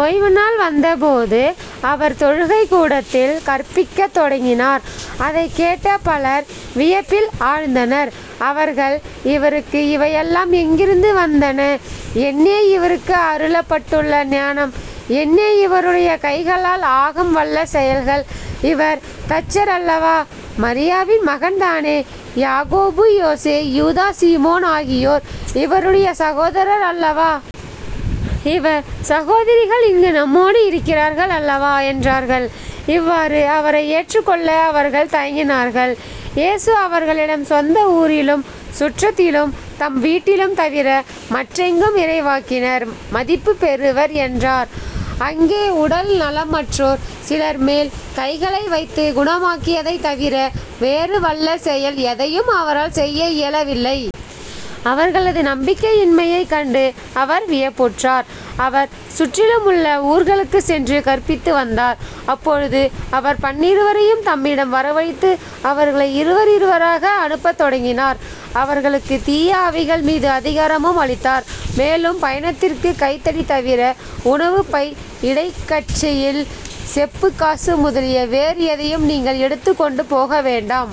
ஓய்வுநாள் வந்தபோது அவர் தொழுகைக்கூடத்தில் கற்பிக்கத் தொடங்கினார். அதைக் கேட்ட பலர் வியப்பில் ஆழ்ந்தனர். அவர்கள் இவருக்கு இவையெல்லாம் எங்கிருந்து வந்தன? என்னே இவருக்கு அருளப்பட்டுள்ள ஞானம். என்னே இவருடைய கைகளால் ஆகம் வல்ல செயல்கள். இவர் தச்சர் அல்லவா. மரியாவின் மகன்தானே. யாக்கோபு யோசே யூதா சீமோன் ஆகியோர் இவருடைய சகோதரர் அல்லவா? இவர் சகோதரிகள் இங்கு நம்மோடு இருக்கிறார்கள் அல்லவா? என்றார்கள். இவ்வாறு அவரை ஏற்றுக் கொள்ள அவர்கள் தயங்கினார்கள். இயேசு அவர்களிடம் சொந்த ஊரிலும் சுற்றத்திலும் தம் வீட்டிலும் தவிர மற்றெங்கும் இறைவாக்கினர் மதிப்புப் பெறுவர் என்றார். அங்கே உடல் நலமற்றோர் சிலர்மேல் கைகளை வைத்துக் குணமாக்கியதைத் தவிர வேறு வல்ல செயல் எதையும் அவரால் செய்ய இயலவில்லை. அவர்களது நம்பிக்கையின்மையைக் கண்டு அவர் வியப்புற்றார். அவர் சுற்றிலுமுள்ள ஊர்களுக்குச் சென்று கற்பித்துவந்தார். அப்பொழுது அவர் பன்னிருவரையும் தம்மிடம் வரவழைத்து அவர்களை இருவர் இருவராக அனுப்பத் தொடங்கினார். அவர்களுக்குத் தீய ஆவிகள் மீது அதிகாரமும் அளித்தார். மேலும் பயணத்திற்குக் கைத்தடி தவிர உணவு பை இடைக்கச்சையில் செப்புக் காசு முதலிய வேறு எதையும் நீங்கள் எடுத்துக் கொண்டு போக வேண்டாம்.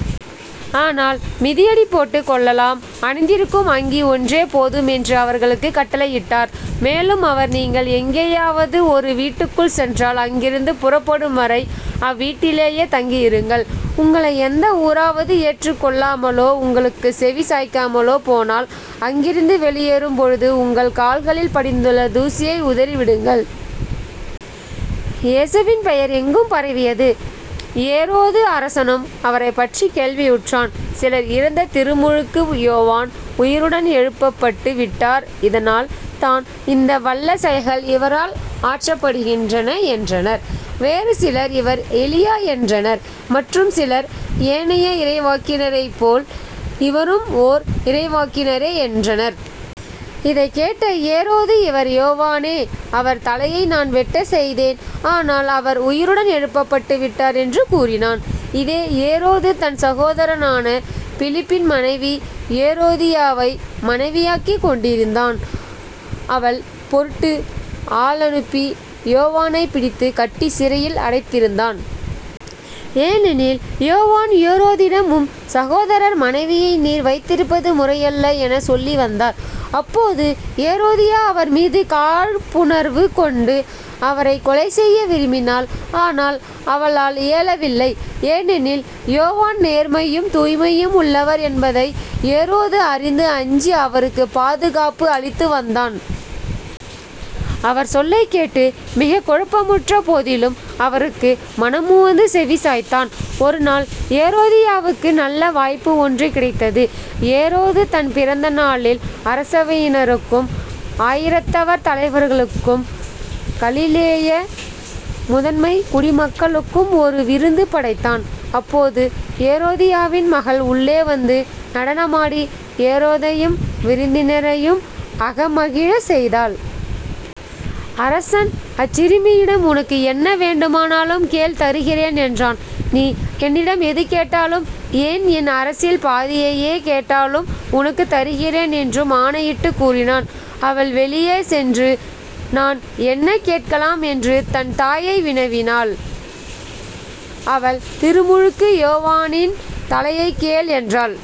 ஆனால் மிதியடி போட்டுக் கொள்ளலாம் அணிந்திருக்கும் அங்கி ஒன்றே போதும் என்று அவர்களுக்குக் கட்டளையிட்டார். மேலும் அவர் நீங்கள் எங்கேயாவது ஒரு வீட்டுக்குள் சென்றால் அங்கிருந்து புறப்படும்வரை அவ்வீட்டிலேயே தங்கியிருங்கள். உங்களை எந்த ஊராவது ஏற்றுக் கொள்ளாமலோ உங்களுக்குச் செவி சாய்க்காமலோ போனால் அங்கிருந்து வெளியேறும் பொழுது உங்கள் கால்களில் படிந்துள்ள தூசியை உதறிவிடுங்கள். இயேசுவின் பெயர் எங்கும் பரவியது. ஏரோது அரசனும் அவரைப் பற்றிக் கேள்வியுற்றான். சிலர் இறந்த திருமுழுக்கு யோவான் உயிருடன் எழுப்பப்பட்டு விட்டார் இதனால் தான் இந்த வல்ல செயல்கள் இவரால் ஆற்றப்படுகின்றன என்றனர். வேறு சிலர் இவர் எலியா என்றனர். மற்றும் சிலர் ஏனைய இறைவாக்கினரைப்போல் இவரும் ஓர் இறைவாக்கினரே என்றனர். இதைக் கேட்ட ஏரோது இவர் யோவானே. அவர் தலையை நான் வெட்டச் செய்தேன். ஆனால் அவர் உயிருடன் எழுப்பப்பட்டு விட்டார் என்று கூறினான். இதே ஏரோது தன் சகோதரனான பிலிப்பின் மனைவி ஏரோதியாவை மனைவியாக்கிக் கொண்டிருந்தான் அவள் பொருட்டு ஆளனுப்பி யோவானைப் பிடித்துக் கட்டிச் சிறையில் அடைத்திருந்தான். ஏனெனில் யோவான் ஏரோதிடம் உம் சகோதரர் மனைவியை நீர் வைத்திருப்பது முறை அல்ல எனச் சொல்லிவந்தார். அப்போது ஏரோதியா அவர்மீது காழ்ப்புணர்வு கொண்டு, அவரைக் கொலை செய்ய விரும்பினாள் ஆனால் அவளால் இயலவில்லை. ஏனெனில் யோவான் நேர்மையும் தூய்மையும் உள்ளவர் என்பதை ஏரோது அறிந்து அஞ்சி அவருக்குப் பாதுகாப்பு அளித்து வந்தான். அவர் சொல்லைக் கேட்டு மிகக் குழப்பமுற்ற போதிலும் அவருக்கு மனமுவந்து செவிசாய்த்தான். ஒரு நாள் ஏரோதியாவுக்கு நல்ல வாய்ப்பு ஒன்று கிடைத்தது. ஏரோது தன் பிறந்த நாளில் அரசவையினருக்கும் ஆயிரத்தவர் தலைவர்களுக்கும் கலிலேய முதன்மைக் குடிமக்களுக்கும் ஒரு விருந்து படைத்தான். அப்போது ஏரோதியாவின் மகள் உள்ளே வந்து நடனமாடி ஏரோதையும் விருந்தினரையும் அகமகிழச் செய்தாள். அரசன் அச்சிறுமியிடம் உனக்கு என்ன வேண்டுமானாலும் கேள் தருகிறேன் என்றான். நீ என்னிடம் எது கேட்டாலும் ஏன் என் அரசில் பாதியையே கேட்டாலும் உனக்குத் தருகிறேன் என்றும் ஆணையிட்டுக் கூறினான். அவள் வெளியே சென்று நான் என்ன கேட்கலாம்? என்று தன்தாயை வினவினாள். அவள் திருமுழுக்கு யோவானின் தலையைக் கேள் என்றாள்.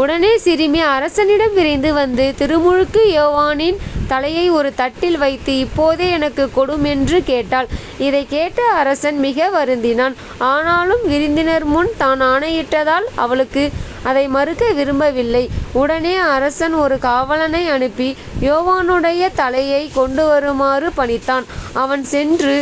உடனே சிறுமி அரசனிடம் விரைந்து வந்து திருமுழுக்கு யோவானின் தலையை ஒரு தட்டில் வைத்து இப்போதே எனக்குக் கொடும் என்று கேட்டாள். இதைக் கேட்ட அரசன் மிக வருந்தினான். ஆனாலும் விருந்தினர்முன் தான் ஆணையிட்டதால் அவளுக்கு அதை மறுக்க விரும்பவில்லை. உடனே அரசன் ஒரு காவலனை அனுப்பி யோவானுடைய தலையைக் கொண்டுவருமாறு பணித்தான். அவன் சென்று